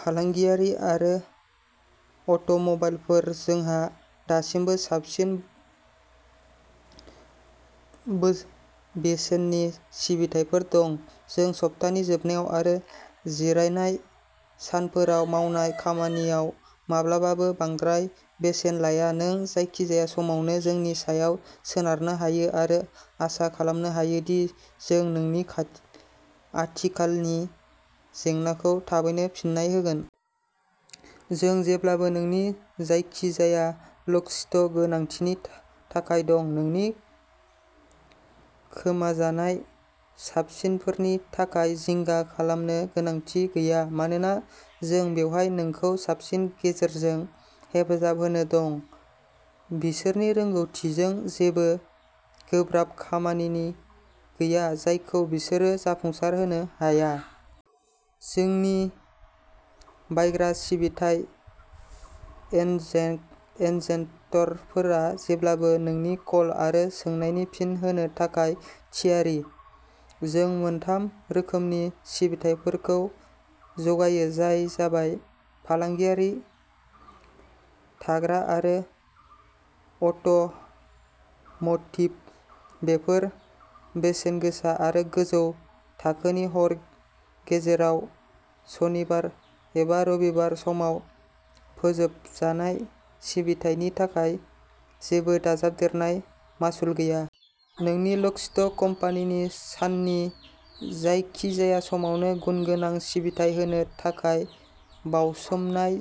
फालांगियारि आरो अट'मबाइलफोर। जोंहा दासिमबो साबसिन बेसेननि सिबिथायफोर दं। जों सप्तानि जोबनायाव आरो जिरायनाय सानफोराव मावनाय खामानियाव माब्लाबाबो बांद्राय बेसेन लाया। नों जायखिजाया समावनो जोंनि सायाव सोनारनो हायो आरो आसा खालामनो हायो दि जों नोंनि आथिखालनि जेंनाखौ थाबैनो फिन्नाय होगोन। जों जेब्लाबो नोंनि जायखिजाया लकस्मिथ गोनांथिनि थाखाय दं, नोंनि खोमाजानाय साबिफोरनि थाखाय जिंगा खालामनो गोनांथि गैया मानोना जों बेवहाय नोंखौ साननि गेजेरजों हेफाजाब होनो दं। बिसोरनि रोंग'थिजों, जेबो गोब्राब खामानि गैया जायखौ बिसोरो जाफुंसारहोनो हाया। जोंनि बायग्रा सिबिथाइ एजेन्टफोरा जेब्लाबो नोंनि कल आरो सोंनायनि फिन होनो थाखाय थियारि। जों मोनथाम रोखोमनि सिबिथाइफोरखौ जगायो जाय जाबाय; फालांगियारि, थाग्रा आरो अट'म'टिभ। बेफोर बेसेनगोसा आरो गोजौ थाखोनि। हर गेजेराव, सनिबार एबा रबिबारनि समाव फोजोबजानाय सिबिथायनि थाखाय जेबो दाजाबदेरनाय मासुल गैया। जोंनि लकस्मिथ कम्पानिया साननि जायखिजाया समावनो गुनगोनां सिबिथाइ होनो थाखाय बावसोमनाय।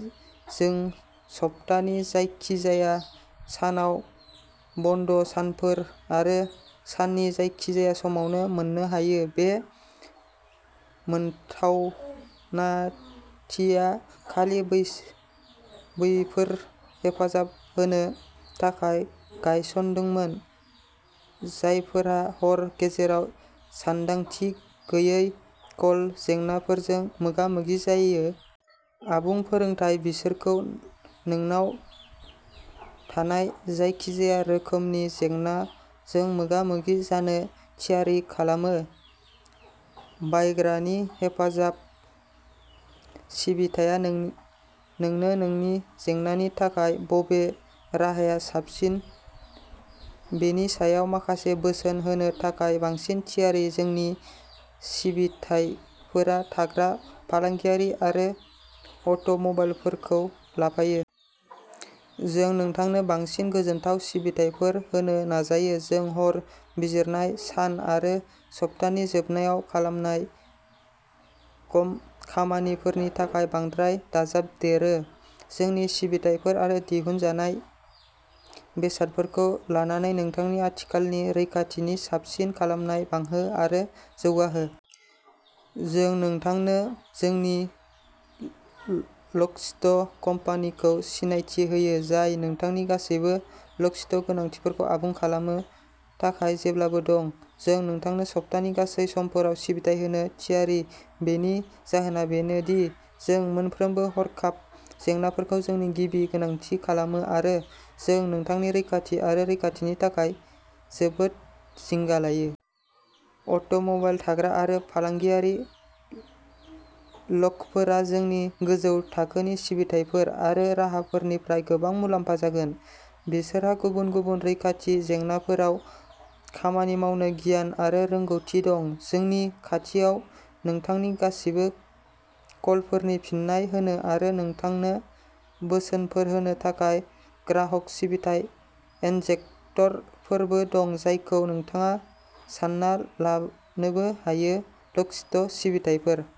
जों सप्तानि जायखिजाया सानाव, बन्द'सानफोर आरो साननि जायखिजाया समावनो मोननो हायो। बे मोनथावनाथिया खालि बैफोर हेफाजाब होनो थाखाय गायसनजादोंमोन जायफोरा हर गेजेराव सानदांथि गैयै लक जेंनाफोरजों मोगा-मोगि जायो। आबुं फोरोंथाया बिसोरखौ नोंनाव थानाय जायखिजाया रोखोमनि जेंनाजों मोगा-मोगि जानो थियारि खालामो। बायग्रानि हेफाजाब सिबिथाया नोंनो नोंनि जेंनानि थाखाय बबे राहाया साबसिन बेनि सायाव माखासे बोसोन होनो थाखाय बांसिन थियारि। जोंनि सिबिथायफोरा थाग्रा, फालांगियारि आरो अट'मबाइलफोरखौ लाफायो। जों नोंथांनो बांसिन गोजोनथाव सिबिथाइफोर होनो नाजायो। जों हर, जिरायनाय सान आरो सप्तानि जोबनायाव खालामनाय खामानिफोरनि थाखाय बांद्राय दाजाबदेरो। जोंनि सिबिथाइफोर आरो दिहुनजानाय बेसादफोरखौ लानानै नोंथांनि आथिखालनि रैखाथिखौ साबसिन खालामनाय, बांहो आरो जौगाहो। जों नोंथांनो जोंनि लकस्मिथ कम्पानिखौ सिनायथि होयो, जाय नोंथांनि गासैबो लकस्मिथ गोनांथिफोरखौ आबुं खालामनो थाखाय जेब्लाबो दं। जों नोंथांनो सप्तानि गासै सानफोरावनो सिबिथाइ होनो थियारि। बेनि जाहोना बेनो दि जों मोनफ्रोमबो हरखाब जेंनाफोरखौ जोंनि गिबि गोनांथि खालामो आरो जों नोंथांनि रैखाथि आरो रैखाथिनि थाखाय जोबोद जिंगा लायो। अट'मबाइल, थाग्रा आरो फालांगियारि लकफोरा जोंनि गोजौ थाखोनि सिबिथाइफोर आरो राहाफोरनिफ्राय गोबां मुलाम्फा जागोन। बिसोरहा गुबुन गुबुन रैखाथि जेंनाफोराव खामानि मावनो गियान आरो रोंग'थि दं। जोंनि खाथियाव नोंथांनि गासिबो कलफोरखौ फिन्नाय होनो आरो नोंथांनो बोसोनफोर होनो थाखाय ग्राहक सिबिथाइ एजेन्टफोरबो दं, जायखौ नोंथाङा सानना लानोबो हायो। लकस्मिथ सिबिथाइफोर।